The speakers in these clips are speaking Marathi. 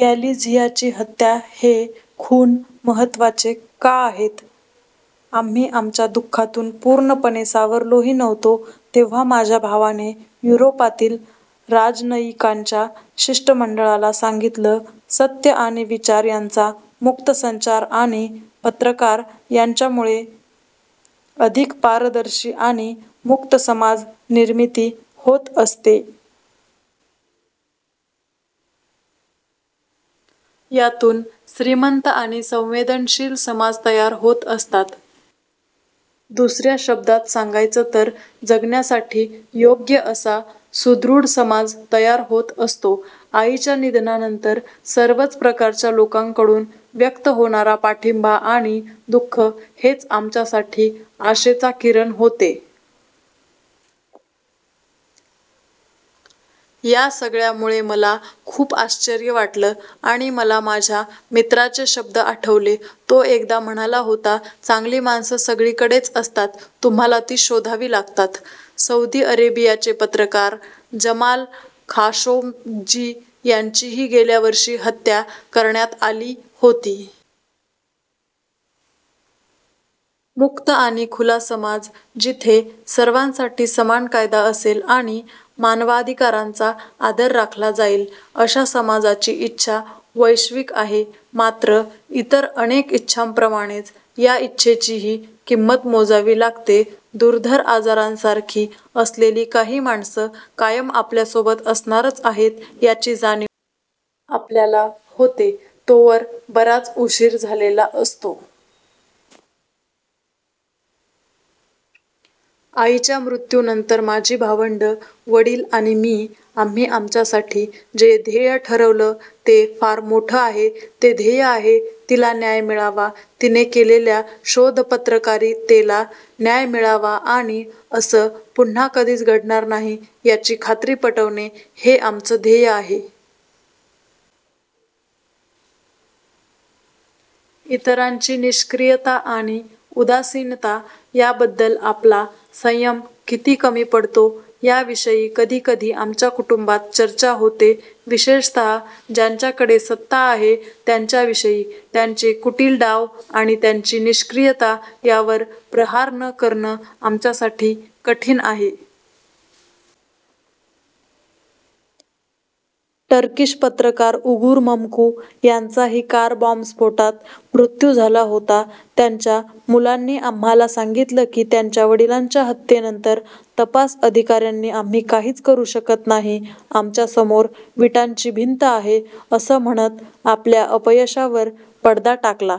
गॅलिझियाची हत्या हे खून महत्त्वाचे का आहेत? आम्ही आमच्या दुःखातून पूर्णपणे सावरलोही नव्हतो, तेव्हा माझ्या भावाने युरोपातील राजनयिकांच्या शिष्टमंडळाला सांगितलं सत्य आणि विचार यांचा मुक्त संचार आणि पत्रकार यांच्यामुळे अधिक पारदर्शी आणि मुक्त समाज निर्मिती होत असते. यातून श्रीमंत आणि संवेदनशील समाज तयार होत असतात. दुसऱ्या शब्दात सांगायचं तर जगण्यासाठी योग्य असा सुदृढ समाज तयार होत असतो. आईच्या निधनानंतर सर्वच प्रकारच्या लोकांकडून व्यक्त होणारा पाठिंबा आणि दुःख हेच आमच्यासाठी आशेचा किरण होते. या सगळ्यामुळे मला खूप आश्चर्य वाटलं आणि मला माझ्या मित्राचे शब्द आठवले. तो एकदा म्हणाला होता चांगली माणसं सगळीकडेच असतात. तुम्हाला ती शोधावी लागतात. सौदी अरेबियाचे पत्रकार जमाल खाशोग्जी यांचीही गेल्या वर्षी हत्या करण्यात आली होती. मुक्त आणि खुला समाज, जिथे सर्वांसाठी समान कायदा असेल आणि मानवाधिकारांचा आदर राखला जाईल, अशा समाजाची इच्छा वैश्विक आहे. मात्र इतर अनेक इच्छांप्रमाणेच या इच्छेचीही किंमत मोजावी लागते. दुर्धर आजारांसारखी असलेली काही माणसं कायम आपल्यासोबत असणारच आहेत, याची जाणीव आपल्याला होते तोवर बराच उशीर झालेला असतो. आईच्या मृत्यूनंतर माझी भावंड, वडील आणि मी आम्ही आमच्यासाठी जे ध्येय ठरवलं ते फार मोठं आहे. ते ध्येय आहे, तिला न्याय मिळावा, तिने केलेल्या शोधपत्रकारितेला न्याय मिळावा आणि असं पुन्हा कधीच घडणार नाही, याची खात्री पटवणे, हे आमचं ध्येय आहे. इतरांची निष्क्रियता आणि उदासीनता याबद्दल आपला संयम किती कमी पडतो, याविषयी कधीकधी आमच्या कुटुंबात चर्चा होते. विशेषतः ज्यांच्याकडे सत्ता आहे त्यांच्याविषयी. त्यांचे कुटील डाव आणि त्यांची निष्क्रियता यावर प्रहार न करणं, आमच्यासाठी कठीण आहे. टर्किश पत्रकार उगूर मम्कू यांचाही कार बाँबस्फोटात मृत्यू झाला होता. त्यांच्या मुलांनी आम्हाला सांगितलं की त्यांच्या वडिलांच्या हत्येनंतर तपास अधिकाऱ्यांनी आम्ही काहीच करू शकत नाही. आमच्या समोर विटांची भिंत आहे असं म्हणत आपल्या अपयशावर पडदा टाकला.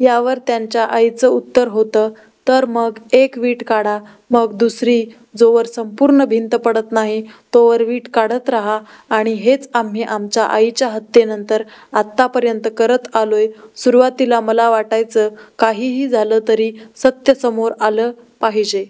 यावर त्यांच्या आईचं उत्तर होतं तर मग एक वीट काढा, मग दुसरी, जोवर संपूर्ण भिंत पडत नाही, तोवर वीट काढत राहा. आणि हेच आम्ही आमच्या आईच्या हत्येनंतर आतापर्यंत करत आलोय. सुरुवातीला मला वाटायचं काहीही झालं तरी सत्य समोर आलं पाहिजे.